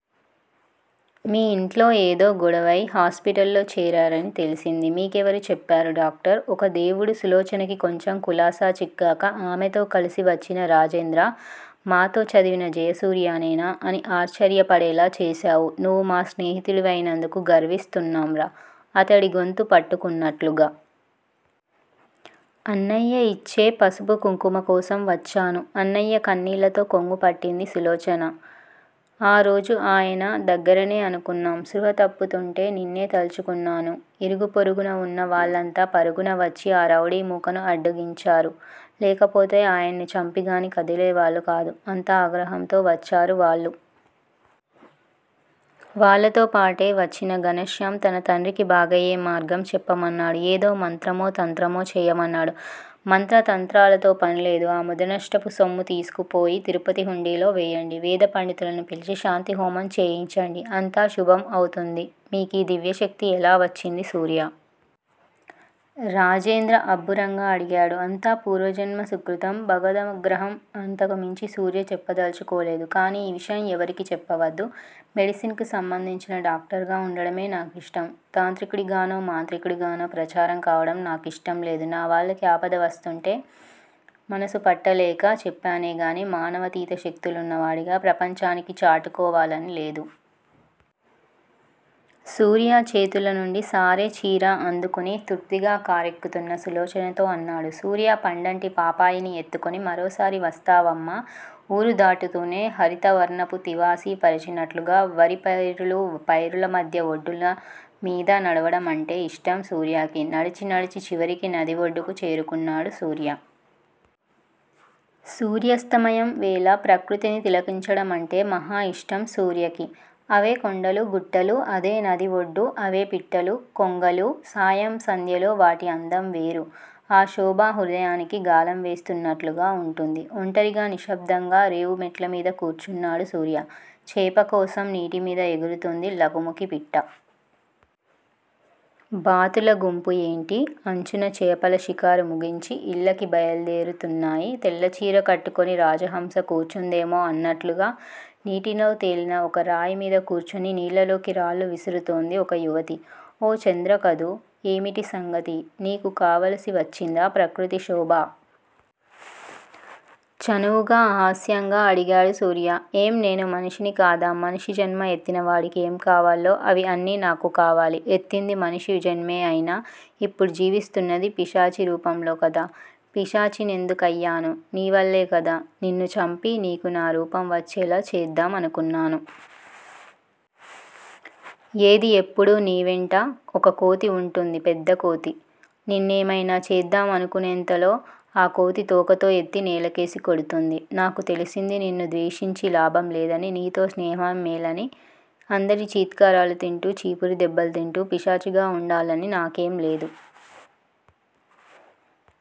మీ ఇంట్లో ఏదో గొడవై హాస్పిటల్ లో చేరారని తెలిసింది. మీకెవరు చెప్పారు డాక్టర్. ఒక దేవుడు! సులోచనకి కొంచెం కులాసా చిక్కాక ఆమెతో కలిసి వచ్చిన రాజేంద్ర మాతో చదివిన జయసూర్యేనా అని ఆశ్చర్యపడేలా చేసావు. నువ్వు మా స్నేహితుడివై నందుకు గర్విస్తున్నాంరా! అతడి గొంతు పట్టుకున్నట్లుగా. అన్నయ్య ఇచ్చే పసుపుకుంకుమ కోసం వచ్చాను అన్నయ్యా కన్నీళ్లతో కొంగు పట్టింది సులోచన. ఆ రోజు ఆయన దగ్గరనే అనుకున్నాం. స్పృహ తప్పుతుంటే నిన్నే తలచుకున్నాను. ఇరుగు పొరుగునవున్న వాళ్ళంతా పరుగున వచ్చి, ఆ రౌడీమూకను అడ్డగించారు. లేకపోతే ఆయన్ని చంపిగాని కదిలేవాళ్లు కాదు. అంత ఆగ్రహంతో వచ్చారు వాళ్లు. వాళ్లతోపాటే వచ్చిన ఘనశ్యామ్ తన తండ్రికి బాగయ్యే మార్గం చెప్పమన్నాడు. ఏదో మంత్రమో తంత్రమో చేయమన్నాడు. మంత్ర తంత్రాలతో పనిలేదు. ఆ ముదనష్టపు సొమ్ము తీసుకుపోయి తిరుపతి హుండీలో వేయండి. వేదపండితులను పిలిచి, శాంతి హోమం చేయించండి. అంతా శుభం అవుతుంది. మీకీ దివ్యశక్తి ఎలా వచ్చింది సూర్యా? రాజేంద్ర అబ్బురంగా అడిగాడు. అంతా పూర్వజన్మ సుకృతం. భగవదమగ్రహం అంతకుమించి సూర్య చెప్పదలచుకోలేదు. కానీ ఈ విషయం ఎవరికీ చెప్పవద్దు. మెడిసిన్ కు సంబందించిన డాక్టర్ గ వుండడమే నాకిష్టం. తాంత్రికుడిగానో, మాంత్రికుడిగానో ప్రచారం కావడం నాకిష్టంలేదు. నా వాళ్లకి ఆపద వస్తుంటే, మనసు పట్టలేక చెప్పానేగానీ మానవాతీత శక్తులున్నవాడిగా, ప్రపంచానికి చాటుకోవాలని లేదు. సూర్య చేతుల నుండి సారె, చీర అందుకుని, తృప్తిగా కారెక్కుతున్న సులోచనతో అన్నాడు సూర్య పండంటి పాపాయిని ఎత్తుకుని మరోసారి వస్తావమ్మా! ఊరు దాటుతూనే హరితవర్ణపు తివాసీ పరచినట్లుగా వరిపైరులు, పైరుల మధ్య ఒడ్డుల మీద నడవడం అంటే ఇష్టం సూర్యకి. నడిచి నడిచి చివరికి నది ఒడ్డుకు చేరుకున్నాడు సూర్య. సూర్యస్తమయం వేళ ప్రకృతిని తిలకించడమంటే మాహా ఇష్టం సూర్యకి. అవే కొండలు, గుట్టలు, అదే నది ఒడ్డు! అవే పిట్టలు, కొంగలూ, సాయం సంధ్యలో వాటి అందంవేరు. ఆ శోభ హృదయానికి గాలం వేస్తున్నట్లుగా వుంటుంది. ఒంటరిగా నిశ్శబ్దంగా రేవు మెట్లమీద కూర్చున్నాడు సూర్య. చేప కోసం నీటిమీద ఎగురుతోంది లకుముకి పిట్ట. బాతుల గుంపు ఏటి అంచున చేపల షికారు ముగించి, ఇళ్లకి బయల్దేరుతున్నాయి. తెల్లచీర కట్టుకుని, రాజహంస కూర్చుందేమో అన్నట్లుగా నీటిలో తేలిన ఒక రాయి మీద కూర్చుని, నీళ్లల్లోకి రాళ్లు విసురుతోంది ఒక యువతి. ఓ! చంద్ర కదూ! ఏమిటి సంగతి! నీకూ కావలసి వచ్చిందా ప్రకృతి శోభ? చనువుగా, హాస్యంగా అడిగాడు సూర్య. ఏం నేను మనిషిని కాదా? మనిషి జన్మ ఎత్తినవాడికి ఏం కావాలో అవి అన్నీ నాకూ కావాలి. ఎత్తింది మనిషి జన్మేఅయినా ఇప్పుడు జీవిస్తున్నది పిశాచిరూపంలో కదా! పిశాచినెందుకయ్యాను? నీవల్లేకదా! నిన్ను చంపి, నీకూ నా రూపం వచ్చేలా చేద్దాం అనుకున్నాను. ఏదీ? ఎప్పుడూ నీవెంట ఒక కోతి వుంటుంది. పెద్దకోతి. నిన్నేమయినా చేద్దాం అనుకునేంతలో ఆ కోతి తోకతో ఎత్తి నేలకేసి్ కొడుతుంది. నాకు తెలిసింది నిన్ను ద్వేషించి లాభం లేదని, నీతో స్నేహమే మేలని, అందరి ఛీత్కారాలు తింటూ, చీపురు దెబ్బలు తింటూ పిశాచిగా వుండాలని నాకేం లేదు.